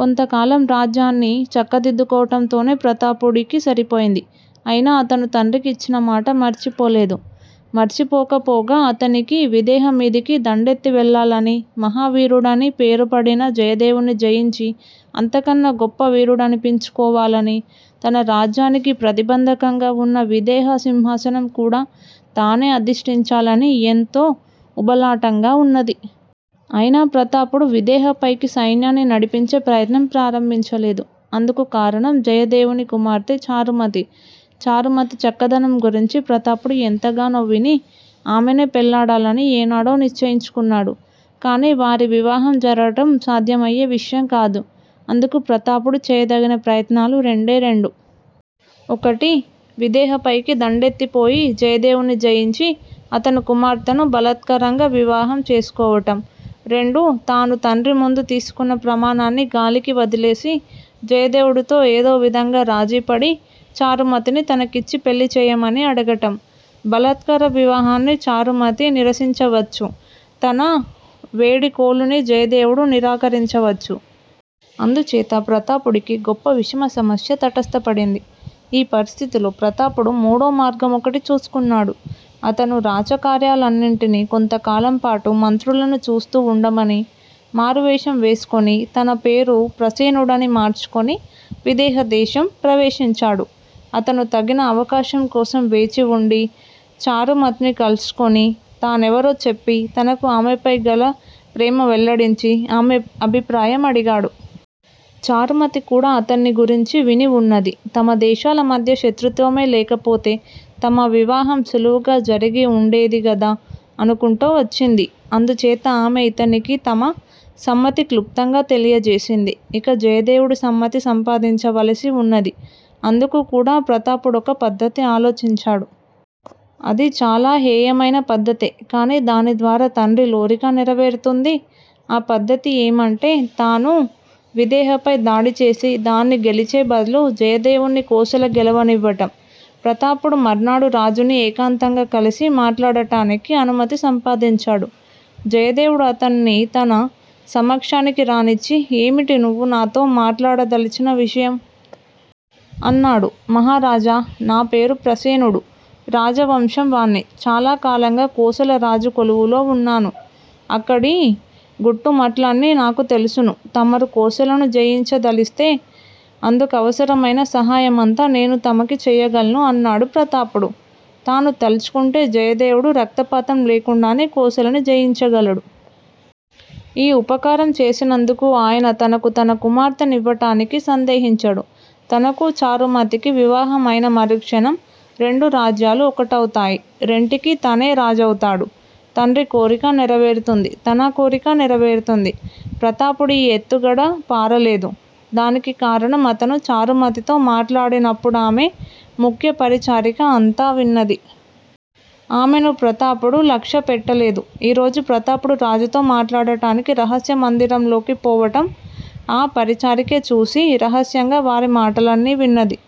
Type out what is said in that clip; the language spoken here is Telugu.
కొంతకాలం రాజ్యాన్ని చక్కదిద్దుకోవటంతోనే ప్రతాపుడికి సరిపోయింది. అయినా అతను తండ్రికి ఇచ్చినమాట మరిచిపోలేదు. మరిచిపోకపోగా అతనికి విదేహ మీదికి దండెత్తి వెళ్ళాలనీ, మహావీరుడని పేరుపడిన జయదేవున్ని జయించి, అంతకన్నా గొప్ప వీరుడనిపించుకోవాలనీ, తన రాజ్యానికి ప్రతిబంధకంగా వున్న విదేహ సింహాసనం కూడా తానే అధిష్టించాలనీ ఎంతో ఉబలాటంగా ఉన్నది. అయినా ప్రతాపుడు విదేహ పైకి సైన్యాన్ని నడిపించే ప్రయత్నం ప్రారంభించలేదు. అందుకు కారణం జయదేవుడి కుమార్తె చారుమతి. చారుమతి చక్కదనం గురించి ప్రతాపుడు ఎంతగానో విని, ఆమెనే పెళ్ళాడాలని ఏనాడో నిశ్చయించుకున్నాడు. కానీ వారి వివాహం జరగటం సాధ్యమయ్యే విషయం కాదు. అందుకు ప్రతాపుడు చేయదగిన ప్రయత్నాలు రెండే రెండు. ఒకటి- విదేహ పైకి దండెత్తిపోయి, జయదేవున్ని జయించి, అతని కుమార్తెను బలాత్కారంగా వివాహం చేసుకోవటం, రెండు తాను తండ్రి ముందు తీసుకున్న ప్రమాణాన్ని గాలికి వదిలేసి, జయదేవుడితో ఏదో విధంగా రాజీపడి, చారుమతిని తనకిచ్చి పెళ్ళిచెయ్యమని అడగటం. బలాత్కార వివాహాన్ని చారుమతి నిరసించవచ్చు. తన వేడికోలును జయదేవుడు నిరాకరించవచ్చు. అందుచేత ప్రతాపుడికి గొప్ప విషమ సమస్య తటస్థపడింది. ఈ పరిస్థితిలో ప్రతాపుడు మూడోమార్గం ఒకటి చూసుకున్నాడు. అతను రాచకార్యాలన్నిటినీ కొంతకాలంపాటు మంత్రులను చూస్తూ వుండమని, మారువేషం వేసుకుని, తన పేరు ప్రసేనుడని మార్చుకుని విదేహ దేశం ప్రవేశించాడు. అతను తగిన అవకాశం కోసం వేచివుండి చారుమత్య్ని కలుసుకుని, తానెవరో చెప్పి, తనకు ఆమెపై గల ప్రేమ వెల్లడించి, ఆమె అభిప్రాయం అడిగాడు. చారుమతి కూడా అతన్ని గురించి వినివున్నది. తమ దేశాల మధ్య శత్రుత్వమే లేకపోతే తమ వివాహం సులువుగా జరిగి ఉండేదిగదా అనుకుంటూ వచ్చింది. అందుచేత ఆమె ఇతనికి తమ సమ్మతి క్లుప్తంగా తెలియజేసింది. ఇక జయదేవుడి సమ్మతి సంపాదించవలసి వున్నది. అందుకు కూడా ప్రతాపుడొక పద్దతి ఆలోచించాడు. అది చాలా హేయమైన పద్దతే! కాని దానిద్వారా తండ్రి లోరిక నెరవేరుతుంది. ఆ పద్దతి ఏమంటే, తాను విదేహపై దాడిచేసి దాన్ని గెలిచే బదులు, జయదేవున్ని కోసల గెలవ నివ్వటం! ప్రతాపుడు మర్నాడు రాజును ఏకాంతంగా కలిసి మాట్లాడటానికి అనుమతి సంపాదించాడు. జయదేవుడు అతన్ని తన సమక్షానికి రానిచ్చి ఏమిటి నువ్వు నాతో మాట్లాడదలచిన విషయం? అన్నాడు. మహారాజా, నా పేరు ప్రసేనుడు. రాజవంశంవాణ్ణి. చాలా కాలంగా కోసల రాజు కొలువులో వున్నాను. అక్కడి గుట్టుమట్లన్నీ నాకు తెలుసును. తమరు కోసలను జయించదలిస్తే, అందుకవసరమైన సహాయమంతా నేను తమకు చెయ్యగలను అన్నాడు ప్రతాపుడు. తాను తలుచుకుంటే జయదేవుడు రక్తపాతం లేకుండానే కోసలను జయించగలడు. ఈ ఉపకారం చేసినందుకు ఆయన తనకు తన కుమార్తె నివ్వటానికి సందేహించడు. తనకూ చారుమతికీ వివాహం అయిన మరుక్షణం రెండు రాజ్యాలూ ఒకటవుతాయి, రెంటికీ తనే రాజవుతాడు. తండ్రి కోరికా నెరవేరుతుంది. తన కోరికా నెరవేరుతుంది. ప్రతాపుడి ఈ ఎత్తుగడ పారలేదు. దానికి కారణం అతను చారుమతితో మాట్లాడినప్పుడామె ముఖ్య పరిచారిక అంతా విన్నది. ఆమెను ప్రతాపుడు లక్ష్యపెట్టలేదు. ఈ రోజు ప్రతాపుడు రాజుతో మాట్లాడటానికి రహస్య మందిరంలోకి పోవటం ఆ పరిచారికే చూసి, రహస్యంగా వారి మాటలన్నీ విన్నది.